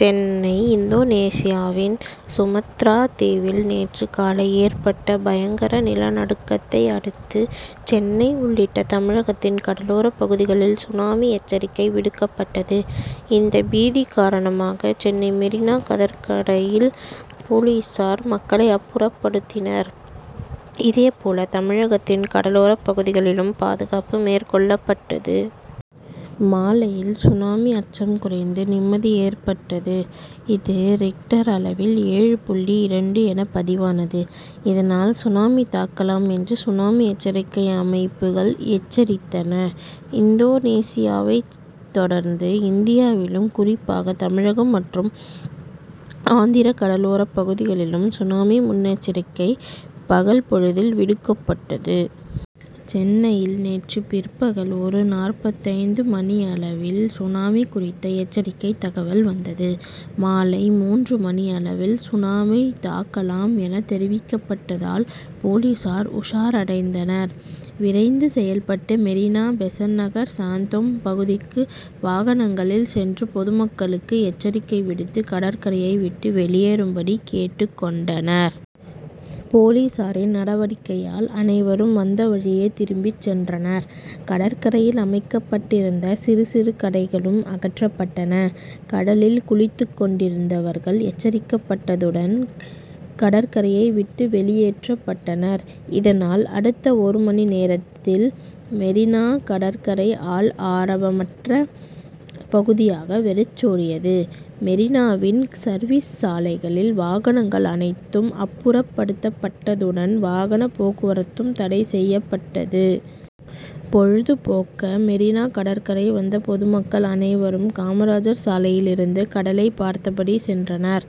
சென்னை இந்தோனேசியாவின் சுமத்ரா தீவில் நேற்று காலை ஏற்பட்ட பயங்கர நிலநடுக்கத்தை அடுத்து சென்னை உள்ளிட்ட தமிழகத்தின் கடலோர பகுதிகளில் சுனாமி எச்சரிக்கை விடுக்கப்பட்டது. இந்த பீதி காரணமாக சென்னை மெரீனா கடற்கரையில் போலீசார் மக்களை அப்புறப்படுத்தினர். இதே போல தமிழகத்தின் கடலோரப் பகுதிகளிலும் பாதுகாப்பு மேற்கொள்ளப்பட்டது. மாலையில் சுனாமி அச்சம் குறைந்து நிம்மதி ஏற்பட்டது. இது ரிக்டர் அளவில் ஏழு புள்ளி இரண்டு என பதிவானது. இதனால் சுனாமி தாக்கலாம் என்று சுனாமி எச்சரிக்கை அமைப்புகள் எச்சரித்தன. இந்தோனேசியாவை தொடர்ந்து இந்தியாவிலும் குறிப்பாக தமிழகம் மற்றும் ஆந்திர கடலோரப் பகுதிகளிலும் சுனாமி முன்னெச்சரிக்கை பகல் பொழுதில் விடுக்கப்பட்டது. சென்னையில் நேற்று பிற்பகல் ஒரு நாற்பத்தைந்து மணியளவில் சுனாமி குறித்த எச்சரிக்கை தகவல் வந்தது. மாலை மூன்று மணியளவில் சுனாமி தாக்கலாம் என தெரிவிக்கப்பட்டதால் போலீசார் உஷாரடைந்தனர். விரைந்து செயல்பட்டு மெரீனா பெசன்ட்நகர் சாந்தோம் பகுதிக்கு வாகனங்களில் சென்று பொதுமக்களுக்கு எச்சரிக்கை விடுத்து கடற்கரையை விட்டு வெளியேறும்படி கேட்டுக் கொண்டனர். போலீசாரின் நடவடிக்கையால் அனைவரும் வந்தவழியே திரும்பிச் சென்றனர். கடற்கரையில் அமைக்கப்பட்டிருந்த சிறு சிறு கடைகளும் அகற்றப்பட்டன. கடலில் குளித்துக் கொண்டிருந்தவர்கள் எச்சரிக்கப்பட்டதுடன் கடற்கரையை விட்டு வெளியேற்றப்பட்டனர். இதனால் அடுத்த ஒரு மணி நேரத்தில் மெரீனா கடற்கரை ஆள் ஆரவமற்ற பகுதியாக வெறிச்சோடியது. மெரீனாவின் சர்வீஸ் சாலைகளில் வாகனங்கள் அனைத்தும் அப்புறப்படுத்தப்பட்டதுடன் வாகன போக்குவரத்தும் தடைசெய்யப்பட்டது. பொழுதுபோக்க மெரீனா கடற்கரை வந்த பொதுமக்கள் அனைவரும் காமராஜர் சாலையில் இருந்து கடலை பார்த்தபடி சென்றனர்.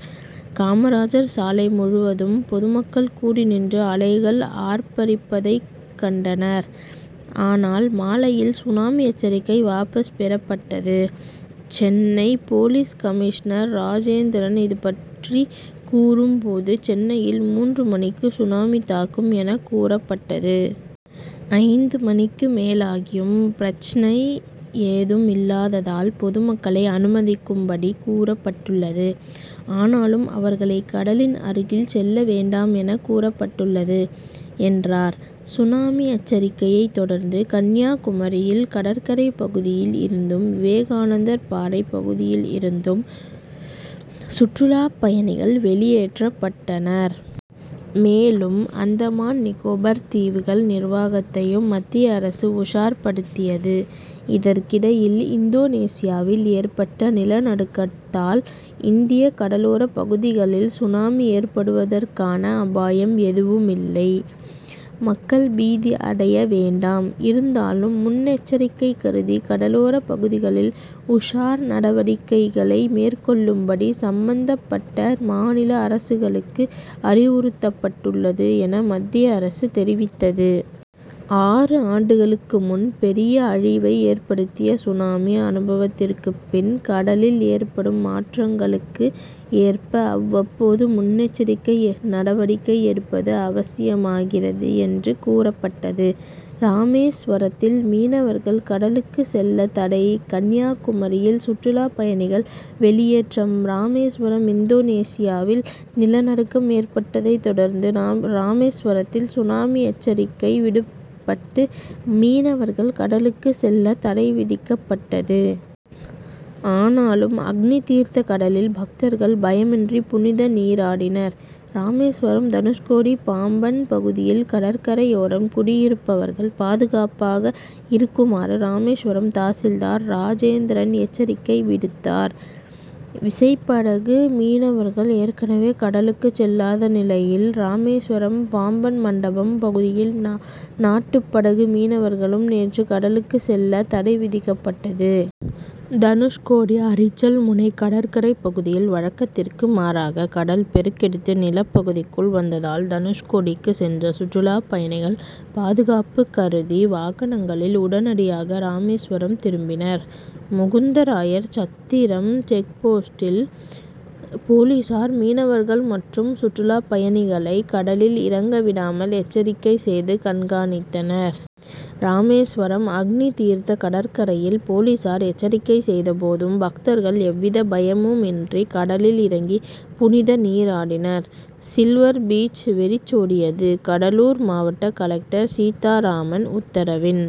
காமராஜர் சாலை முழுவதும் பொதுமக்கள் கூடி நின்று அலைகள் ஆர்ப்பரிப்பதைக் கண்டனர். ஆனால் மாலையில் சுனாமி எச்சரிக்கை வாபஸ் பெறப்பட்டது. சென்னை போலீஸ் கமிஷனர் ராஜேந்திரன் இதுபற்றி கூறும் போது சென்னையில் மூன்று மணிக்கு சுனாமி தாக்கும் என கூறப்பட்டது. ஐந்து மணிக்கு மேலாகியும் பிரச்னை ஏதும் இல்லாததால் பொதுமக்களை அனுமதிக்கும் படி கூறப்பட்டுள்ளது. ஆனாலும் அவர்களை கடலின் அருகில் செல்ல வேண்டாம் என கூறப்பட்டுள்ளது என்றார். சுனாமி எச்சரிக்கையை தொடர்ந்து கன்னியாகுமரியில் கடற்கரை பகுதியில் இருந்தும் விவேகானந்தர் பாறை பகுதியில் இருந்தும் சுற்றுலாப் பயணிகள் வெளியேற்றப்பட்டனர். மேலும் அந்தமான் நிகோபர் தீவுகள் நிர்வாகத்தையும் மத்திய அரசு உஷார்படுத்தியது. இதற்கிடையில் இந்தோனேசியாவில் ஏற்பட்ட நிலநடுக்கத்தால் இந்திய கடலோர பகுதிகளில் சுனாமி ஏற்படுவதற்கான அபாயம் எதுவும் இல்லை. மக்கள் பீதி அடைய வேண்டாம். இருந்தாலும் முன்னெச்சரிக்கை கருதி கடலோர பகுதிகளில் உஷார் நடவடிக்கைகளை மேற்கொள்ளும்படி சம்பந்தபட்ட மாநில அரசுகளுக்கு அறிவுறுத்தப்பட்டுள்ளது என மத்திய அரசு தெரிவித்தது. ஆறு ஆண்டுகளுக்கு முன் பெரிய அழிவை ஏற்படுத்திய சுனாமி அனுபவத்திற்குப் பின் கடலில் ஏற்படும் மாற்றங்களுக்கு ஏற்ப அவ்வப்போது முன்னெச்சரிக்கை நடவடிக்கை எடுப்பது அவசியமாகிறது என்றும் கூறப்பட்டது. ராமேஸ்வரத்தில் மீனவர்கள் கடலுக்கு செல்ல தடை கன்னியாகுமரியில் சுற்றுலா பயணிகள் வெளியேற்றம் ராமேஸ்வரம் இந்தோனேசியாவில் நிலநடுக்கம் ஏற்பட்டதை தொடர்ந்து ராமேஸ்வரத்தில் சுனாமி எச்சரிக்கை விடப்பட்டு மீனவர்கள் கடலுக்கு செல்ல தடை விதிக்கப்பட்டது. ஆனாலும் அக்னிதீர்த்த கடலில் பக்தர்கள் பயமின்றி புனித நீராடினர். ராமேஸ்வரம் தனுஷ்கோடி பாம்பன் பகுதியில் கடற்கரையோரம் குடியிருப்பவர்கள் பாதுகாப்பாக இருக்குமாறு ராமேஸ்வரம் தாசில்தார் ராஜேந்திரன் எச்சரிக்கை விடுத்தார். விசைப்படகு மீனவர்கள் ஏற்கனவே கடலுக்கு செல்லாத நிலையில் ராமேஸ்வரம் பாம்பன் மண்டபம் பகுதியில் நாட்டுப்படகு மீனவர்களும் நேற்று கடலுக்கு செல்ல தடை விதிக்கப்பட்டது. தனுஷ்கோடி அரிச்சல்முனை கடற்கரை பகுதியில் வழக்கத்திற்கு மாறாக கடல் பெருக்கெடுத்து நிலப்பகுதிக்குள் வந்ததால் தனுஷ்கோடிக்கு சென்ற சுற்றுலாப் பயணிகள் பாதுகாப்பு கருதி வாகனங்களில் உடனடியாக ராமேஸ்வரம் திரும்பினர். முகுந்தராயர் சத்திரம் செக் போஸ்டில் போலீசார் மீனவர்கள் மற்றும் சுற்றுலாப் பயணிகளை கடலில் இறங்க விடாமல் எச்சரிக்கை செய்து கண்காணித்தனர். ராமேஸ்வரம் அக்னிதீர்த்த கடற்கரையில் போலீசார் எச்சரிக்கை செய்த போதும் பக்தர்கள் எவ்வித பயமுமின்றி கடலில் இறங்கி புனித நீராடினர். சில்வர் பீச் வெறிச்சோடியது கடலூர் மாவட்ட கலெக்டர் சீத்தாராமன் உத்தரவின்